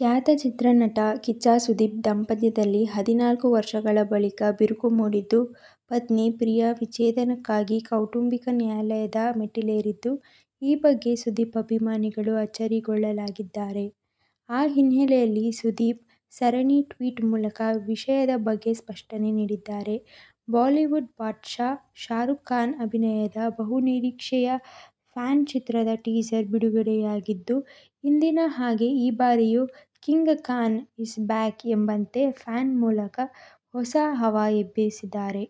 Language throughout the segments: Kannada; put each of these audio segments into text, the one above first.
ಖ್ಯಾತ ಚಿತ್ರ ನಟ ಕಿಚ್ಚ ಸುದೀಪ್ ದಾಂಪತ್ಯದಲ್ಲಿ ಹದಿನಾಲ್ಕು ವರ್ಷಗಳ ಬಳಿಕ ಬಿರುಕು ಮೂಡಿದ್ದು, ಪತ್ನಿ ಪ್ರಿಯಾ ವಿಚ್ಛೇದನಕ್ಕಾಗಿ ಕೌಟುಂಬಿಕ ನ್ಯಾಯಾಲಯದ ಮೆಟ್ಟಿಲೇರಿದ್ದು, ಈ ಬಗ್ಗೆ ಸುದೀಪ್ ಅಭಿಮಾನಿಗಳು ಅಚ್ಚರಿಗೊಳಗಾಗಿದ್ದಾರೆ. ಆ ಹಿನ್ನೆಲೆಯಲ್ಲಿ ಸುದೀಪ್ ಸರಣಿ ಟ್ವೀಟ್ ಮೂಲಕ ವಿಷಯದ ಬಗ್ಗೆ ಸ್ಪಷ್ಟನೆ ನೀಡಿದ್ದಾರೆ. ಬಾಲಿವುಡ್ ಬಾದ್'ಶಾ ಶಾರೂಕ್ ಖಾನ್ ಅಭಿನಯದ ಬಹು ನಿರೀಕ್ಷೆಯ ಫ್ಯಾನ್ ಚಿತ್ರದ ಟೀಸರ್ ಬಿಡುಗಡೆಯಾಗಿದ್ದು ಹಿಂದಿನ ಹಾಗೆ ಈ ಬಾರಿಯು ಕಿಂಗ್ ಖಾನ್ ಇಸ್ ಬ್ಯಾಕ್ ಎಂಬಂತೆ ಫ್ಯಾನ್ ಮೂಲಕ ಹೊಸ ಹವಾ ಎಬ್ಬಿಸಿದ್ದಾರೆ.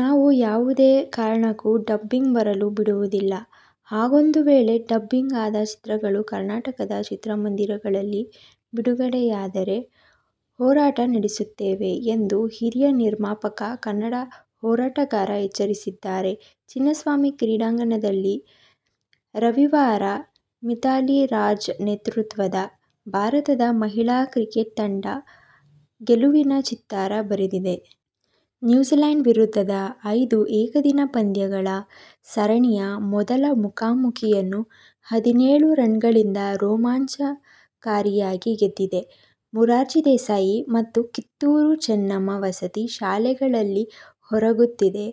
ನಾವು ಯಾವುದೇ ಕಾರಣಕ್ಕೂ ಡಬ್ಬಿಂಗ್ ಬರಲು ಬಿಡುವುದಿಲ್ಲ. ಹಾಗೊಂದು ವೇಳೆ ಡಬ್ಬಿಂಗ್ ಆದ ಚಿತ್ರಗಳು ಕರ್ನಾಟಕದ ಚಿತ್ರಮಂದಿರಗಳಲ್ಲಿ ಬಿಡುಗಡೆಯಾದರೆ, ಹೋರಾಟ ನಡೆಸುತ್ತೇವೆ ಎಂದು ಹಿರಿಯ ನಿರ್ಮಾಪಕ, ಕನ್ನಡ ಹೋರಾಟಗಾರ ಎಚ್ಚರಿಸಿದ್ದಾರೆ. ಚಿನ್ನಸ್ವಾಮಿ ಕ್ರೀಡಾಂಗಣದಲ್ಲಿ ರವಿವಾರ ಮಿಥಾಲಿ ರಾಜ್ ನೇತೃತ್ವದ ಭಾರತದ ಮಹಿಳಾ ಕ್ರಿಕೆಟ್ ತಂಡ ಗೆಲುವಿನ ಚಿತ್ತಾರ ಬರೆದಿದೆ. ನ್ಯೂಜಿಲ್ಯಾಂಡ್ ವಿರುದ್ಧದ ಐದು ಏಕದಿನ ಪಂದ್ಯಗಳ ಸರಣಿಯ ಮೊದಲ ಮುಖಾಮುಖೀಯನ್ನು ಹದಿನೇಳು ರನ್ಗಳಿಂದ ರೋಮಾಂಚಕಾರಿಯಾಗಿ ಗೆದ್ದಿದೆ. ಮೊರಾರ್ಜಿ ದೇಸಾಯಿ ಮತ್ತು ಕಿತ್ತೂರು ಚೆನ್ನಮ್ಮ ವಸತಿ ಶಾಲೆಗಳಲ್ಲಿಹೊರಗುತ್ತಿಗೆ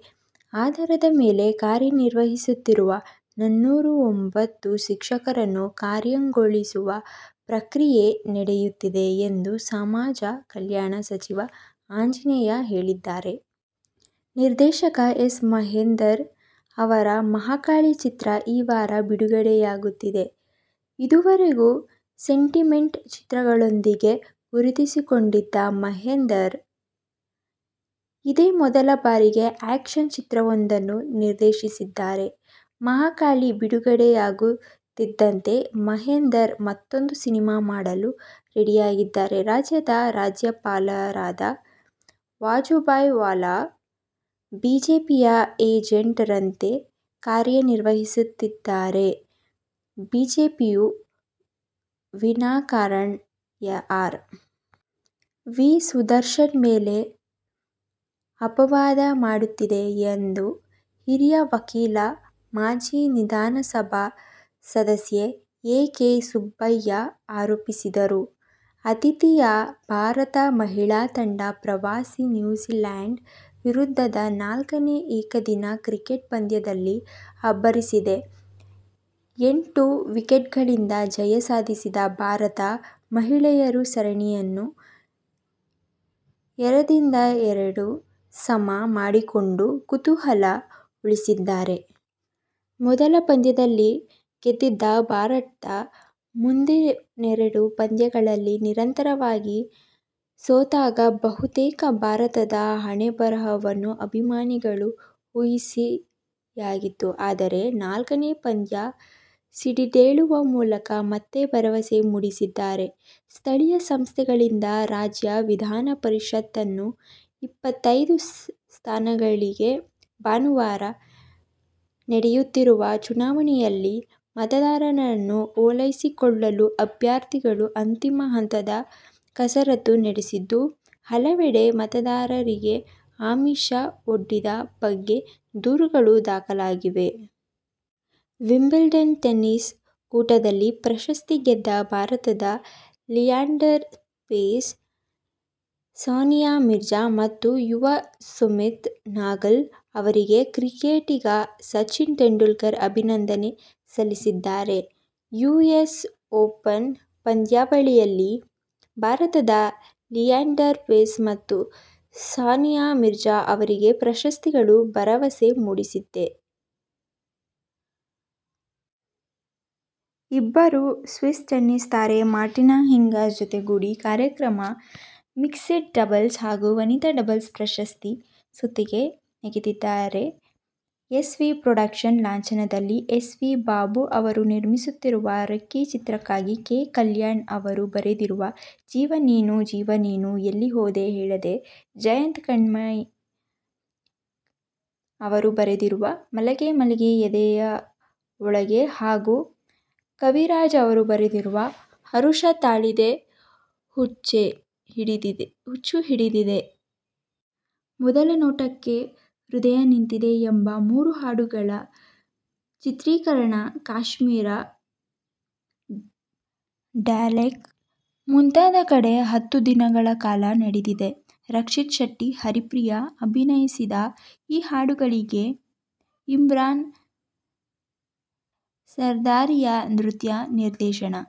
ಆಧಾರದ ಮೇಲೆ ಕಾರ್ಯನಿರ್ವಹಿಸುತ್ತಿರುವ ನನ್ನೂರ ಒಂಬತ್ತು ಶಿಕ್ಷಕರನ್ನು ಕಾಯಂಗೊಳಿಸುವ ಪ್ರಕ್ರಿಯೆ ನಡೆಯುತ್ತಿದೆ ಎಂದು ಸಮಾಜ ಕಲ್ಯಾಣ ಸಚಿವ ಆಂಜನೇಯ ಹೇಳಿದ್ದಾರೆ. ನಿರ್ದೇಶಕ ಎಸ್. ಮಹೇಂದರ್ ಅವರ ಮಹಾಕಾಳಿ ಚಿತ್ರ ಈ ವಾರ ಬಿಡುಗಡೆಯಾಗುತ್ತಿದೆ. ಇದುವರೆಗೂ ಸೆಂಟಿಮೆಂಟ್ ಚಿತ್ರಗಳೊಂದಿಗೆ ಗುರುತಿಸಿಕೊಂಡಿದ್ದ ಮಹೇಂದರ್ ಇದೇ ಮೊದಲ ಬಾರಿಗೆ ಆ್ಯಕ್ಷನ್ ಚಿತ್ರವೊಂದನ್ನು ನಿರ್ದೇಶಿಸಿದ್ದಾರೆ. ಮಹಾಕಾಳಿ ಬಿಡುಗಡೆಯಾಗುತ್ತಿದ್ದಂತೆ ಮಹೇಂದರ್ ಮತ್ತೂಂದು ಸಿನಿಮಾ ಮಾಡಲು ರೆಡಿಯಾಗಿದ್ದಾರೆ. ರಾಜ್ಯದ ರಾಜ್ಯಪಾಲರಾದ ವಜುಭಾಯಿ ವಾಲಾ ಬಿಜೆಪಿಯ ಏಜೆಂಟ್ ರಂತೆ ಕಾರ್ಯನಿರ್ವಹಿಸುತ್ತಿದ್ದಾರೆ, ಬಿಜೆಪಿಯು ವಿನಾಕಾರಣ ಆರ್. ವಿ ಸುದರ್ಶನ್ ಮೇಲೆ ಅಪವಾದ ಮಾಡುತ್ತಿದೆ ಎಂದು ಹಿರಿಯ ವಕೀಲ ಮಾಜಿ ವಿಧಾನ ಸಭಾ ಸದಸ್ಯ ಎ. ಕೆ ಸುಬ್ಬಯ್ಯ ಆರೋಪಿಸಿದರು. ಆತಿಥೇಯ ಭಾರತ ಮಹಿಳಾ ತಂಡ ಪ್ರವಾಸಿ ನ್ಯೂಜಿಲೆಂಡ್ ವಿರುದ್ಧದ ನಾಲ್ಕನೇ ಏಕದಿನ ಕ್ರಿಕೆಟ್ ಪಂದ್ಯದಲ್ಲಿ ಅಬ್ಬರಿಸಿದೆ. ಎಂಟು ವಿಕೆಟ್ಗಳಿಂದ ಜಯ ಸಾಧಿಸಿದ ಭಾರತ ಮಹಿಳೆಯರು ಸರಣಿಯನ್ನು ಎರರಿಂದ ಎರಡು ಸಮ ಮಾಡಿಕೊಂಡು ಕುತೂಹಲ ಉಳಿಸಿದ್ದಾರೆ. ಮೊದಲ ಪಂದ್ಯದಲ್ಲಿ ಗೆದ್ದಿದ್ದ ಭಾರತ ಮುಂದಿನೆರಡು ಪಂದ್ಯಗಳಲ್ಲಿ ನಿರಂತರವಾಗಿ ಸೋತಾಗ ಬಹುತೇಕ ಭಾರತದ ಹಣೆಬರಹವನ್ನು ಅಭಿಮಾನಿಗಳು ಊಹಿಸಿಯಾಗಿತ್ತು. ಆದರೆ ನಾಲ್ಕನೇ ಪಂದ್ಯ ಸಿಡಿದೇಳುವ ಮೂಲಕ ಮತ್ತೆ ಭರವಸೆ ಮೂಡಿಸಿದ್ದಾರೆ. ಸ್ಥಳೀಯ ಸಂಸ್ಥೆಗಳಿಂದ ರಾಜ್ಯ ವಿಧಾನ ಪರಿಷತ್ನ ಇಪ್ಪತ್ತೈದು ಸ್ಥಾನಗಳಿಗೆ ಭಾನುವಾರ ನಡೆಯುತ್ತಿರುವ ಚುನಾವಣೆಯಲ್ಲಿ ಮತದಾರರನ್ನು ಓಲೈಸಿಕೊಳ್ಳಲು ಅಭ್ಯರ್ಥಿಗಳು ಅಂತಿಮ ಹಂತದ ಕಸರತ್ತು ನಡೆಸಿದ್ದು, ಹಲವೆಡೆ ಮತದಾರರಿಗೆ ಆಮಿಷ ಒಡ್ಡಿದ ಬಗ್ಗೆ ದೂರುಗಳು ದಾಖಲಾಗಿವೆ. ವಿಂಬಲ್ಡನ್ ಟೆನಿಸ್ ಕೂಟದಲ್ಲಿ ಪ್ರಶಸ್ತಿ ಗೆದ್ದ ಭಾರತದ ಲಿಯಾಂಡರ್ ಪೇಸ್, ಸಾನಿಯಾ ಮಿರ್ಜಾ ಮತ್ತು ಯುವ ಸುಮಿತ್ ನಗಲ್ ಅವರಿಗೆ ಕ್ರಿಕೆಟಿಗ ಸಚಿನ್ ತೆಂಡುಲ್ಕರ್ ಅಭಿನಂದನೆ ಸಲ್ಲಿಸಿದ್ದಾರೆ. ಯುಎಸ್ ಓಪನ್ ಪಂದ್ಯಾವಳಿಯಲ್ಲಿ ಭಾರತದ ಲಿಯಾಂಡರ್ ಪೇಸ್ ಮತ್ತು ಸಾನಿಯಾ ಮಿರ್ಜಾ ಅವಳಿ ಪ್ರಶಸ್ತಿಗಳ ಭರವಸೆ ಮೂಡಿಸಿದ್ದಾರೆ. ಇಬ್ಬರೂ ಸ್ವಿಸ್ ಟೆನಿಸ್ ತಾರೆ ಮಾರ್ಟಿನಾ ಹಿಂಗಿಸ್ ಜತೆಗೂಡಿ ಕ್ರಮವಾಗಿ ಮಿಕ್ಸೆಡ್ ಡಬಲ್ಸ್ ಹಾಗೂ ವನಿತಾ ಡಬಲ್ಸ್ ಪ್ರಶಸ್ತಿ ಸುತ್ತಿಗೆ ನೆಗೆದಿದ್ದಾರೆ. ಎಸ್. ವಿ. ಪ್ರೊಡಕ್ಷನ್ಸ್ ಲಾಂಛನದಲ್ಲಿ ಎಸ್. ವಿ. ಬಾಬು ಅವರು ನಿರ್ಮಿಸುತ್ತಿರುವ ರಿಕ್ಕಿ ಚಿತ್ರಕ್ಕಾಗಿ ಕೆ. ಕಲ್ಯಾಣ್ ಅವರು ಬರೆದಿರುವ ಜೀವ ನೀನು ಜೀವ ನೀನು ಎಲ್ಲಿ ಹೋದೆ ಹೇಳದೆ, ಜಯಂತ ಕಾಯ್ಕಿಣಿ ಅವರು ಬರೆದಿರುವ ಮಲಗೆ ಮಲಗೆ ಎದೆಯ ಒಳಗೆ ಹಾಗೂ ಕವಿರಾಜ್ ಅವರು ಬರೆದಿರುವ ಹರುಷ ತಾಳದೆ ಹುಚ್ಚೆ ಹಿಡಿದಿದೆ. ಮೊದಲ ನೋಟಕ್ಕೆ ಹೃದಯ ನಿಂತಿದೆ ಎಂಬ ಮೂರು ಹಾಡುಗಳ ಚಿತ್ರೀಕರಣ ಕಾಶ್ಮೀರ, ಡಲ್ಲೇಕ್ ಮುಂತಾದ ಕಡೆ ಹತ್ತು ದಿನಗಳ ಕಾಲ ನಡೆದಿದೆ. ರಕ್ಷಿತ್ ಶೆಟ್ಟಿ, ಹರಿಪ್ರಿಯ ಅಭಿನಯಿಸಿದ ಈ ಹಾಡುಗಳಿಗೆ ಇಮ್ರಾನ್ ಸರ್ದಾರಿಯಾ ನೃತ್ಯ ನಿರ್ದೇಶನ.